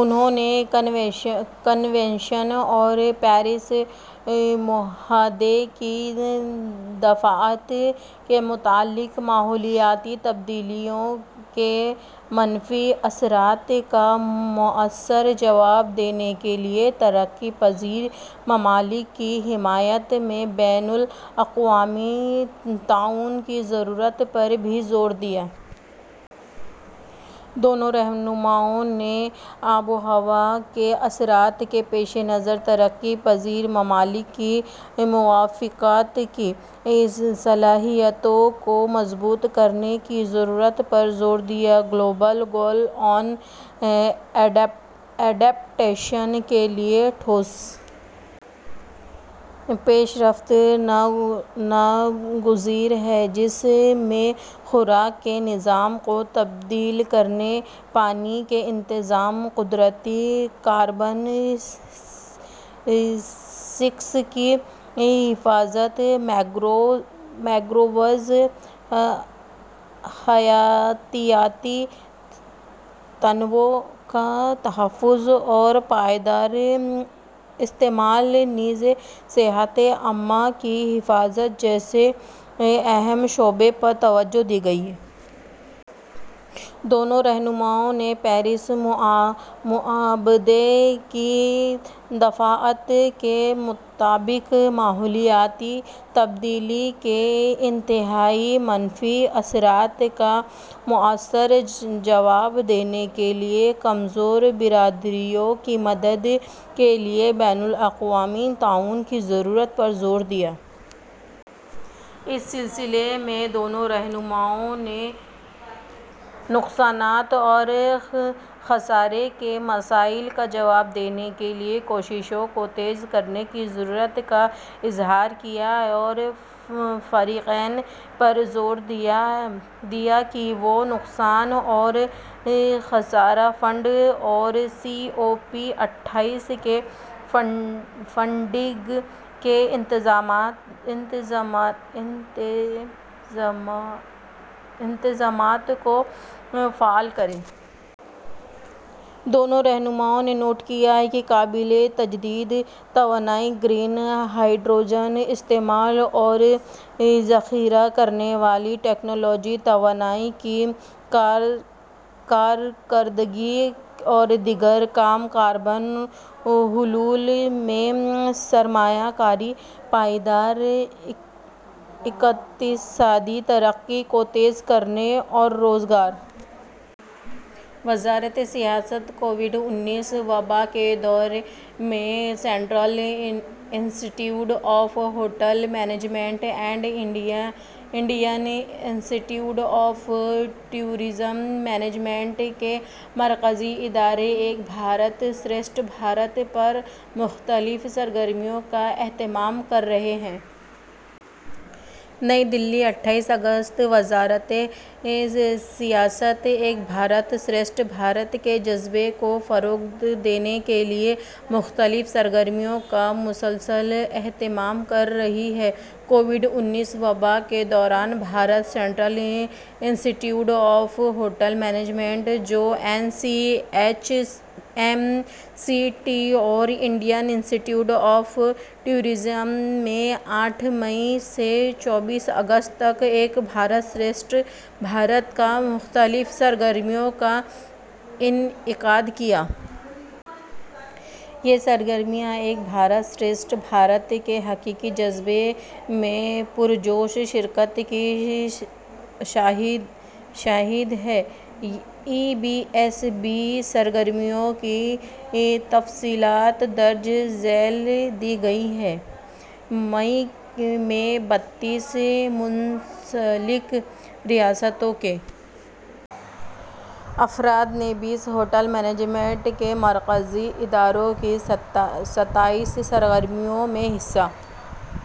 انہوں نے کنونشن اور پیرس معاہدے کی دفعات کے مطابق ماحولیاتی تبدیلیوں کے منفی اثرات کا مؤثر جواب دینے کے لیے ترقی پذیر ممالک کی حمایت میں بین الاقوامی تعاون کی ضرورت پر بھی زور دیا۔ دونوں رہنماؤں نے آب و ہوا کے اثرات کے پیش نظر ترقی پذیر ممالک کی موافقت کی صلاحیتوں کو مضبوط کرنے کی ضرورت پر زور دیا۔ گلوبل گول آن ایڈپٹیشن کے لیے ٹھوس پیش رفت ناگزیر ہے جس میں خوراک کے نظام کو تبدیل کرنے، پانی کے انتظام، قدرتی کاربن سنکس کی حفاظت، مینگرووز، حیاتیاتی تنوع کا تحفظ اور پائیدار استعمال نیز صحت عامہ کی حفاظت جیسے اہم شعبوں پر توجہ دی گئی ہے۔ دونوں رہنماؤں نے پیرس معاہدے کی دفعات کے مطابق ماحولیاتی تبدیلی کے انتہائی منفی اثرات کا مؤثر جواب دینے کے لیے کمزور برادریوں کی مدد کے لیے بین الاقوامی تعاون کی ضرورت پر زور دیا۔ اس سلسلے میں دونوں رہنماؤں نے نقصانات اور خسارے کے مسائل کا جواب دینے کے لیے کوششوں کو تیز کرنے کی ضرورت کا اظہار کیا اور فریقین پر زور دیا کہ وہ نقصان اور خسارہ فنڈ اور سی او پی اٹھائیس کے فنڈنگ کے انتظامات کو فعال کریں۔ دونوں رہنماؤں نے نوٹ کیا کہ قابل تجدید توانائی، گرین ہائیڈروجن، استعمال اور ذخیرہ کرنے والی ٹیکنالوجیز، توانائی کی کارکردگی اور دیگر کم کاربن حلوں میں سرمایہ کاری پائیدار اقتصادی ترقی کو تیز کرنے اور روزگار۔ وزارت سیاحت، کووڈ انیس وباء کے دور میں central institute of hotel management and Indian institute of tourism management کے مرکزی ادارے ایک بھارت شریشٹھ بھارت پر مختلف سرگرمیوں کا اہتمام کر رہے ہیں۔ نئی دہلی، اٹھائیس اگست، وزارت سیاحت ایک بھارت شریشٹھ بھارت کے جذبے کو فروغ دینے کے لیے مختلف سرگرمیوں کا مسلسل اہتمام کر رہی ہے۔ کووڈ انیس وباء کے دوران Bharat central institute of hotel management جو N C H M C T اور Indian institute of tourism نے آٹھ مئی سے چوبیس اگست تک ایک بھارت شریشٹھ بھارت پر مختلف سرگرمیوں کا انعقاد کیا۔ یہ سرگرمیاں ایک بھارت شریشٹھ بھارت کے حقیقی جذبے میں پرجوش شرکت کی شاہد ہیں۔ ای بی ایس بی سرگرمیوں کی تفصیلات درج ذیل دی گئی ہیں، مئی میں بتیس منسلک ریاستوں کے افراد نے بیس ہوٹل مینجمنٹ کے مرکزی اداروں کی ستائیس سرگرمیوں میں حصہ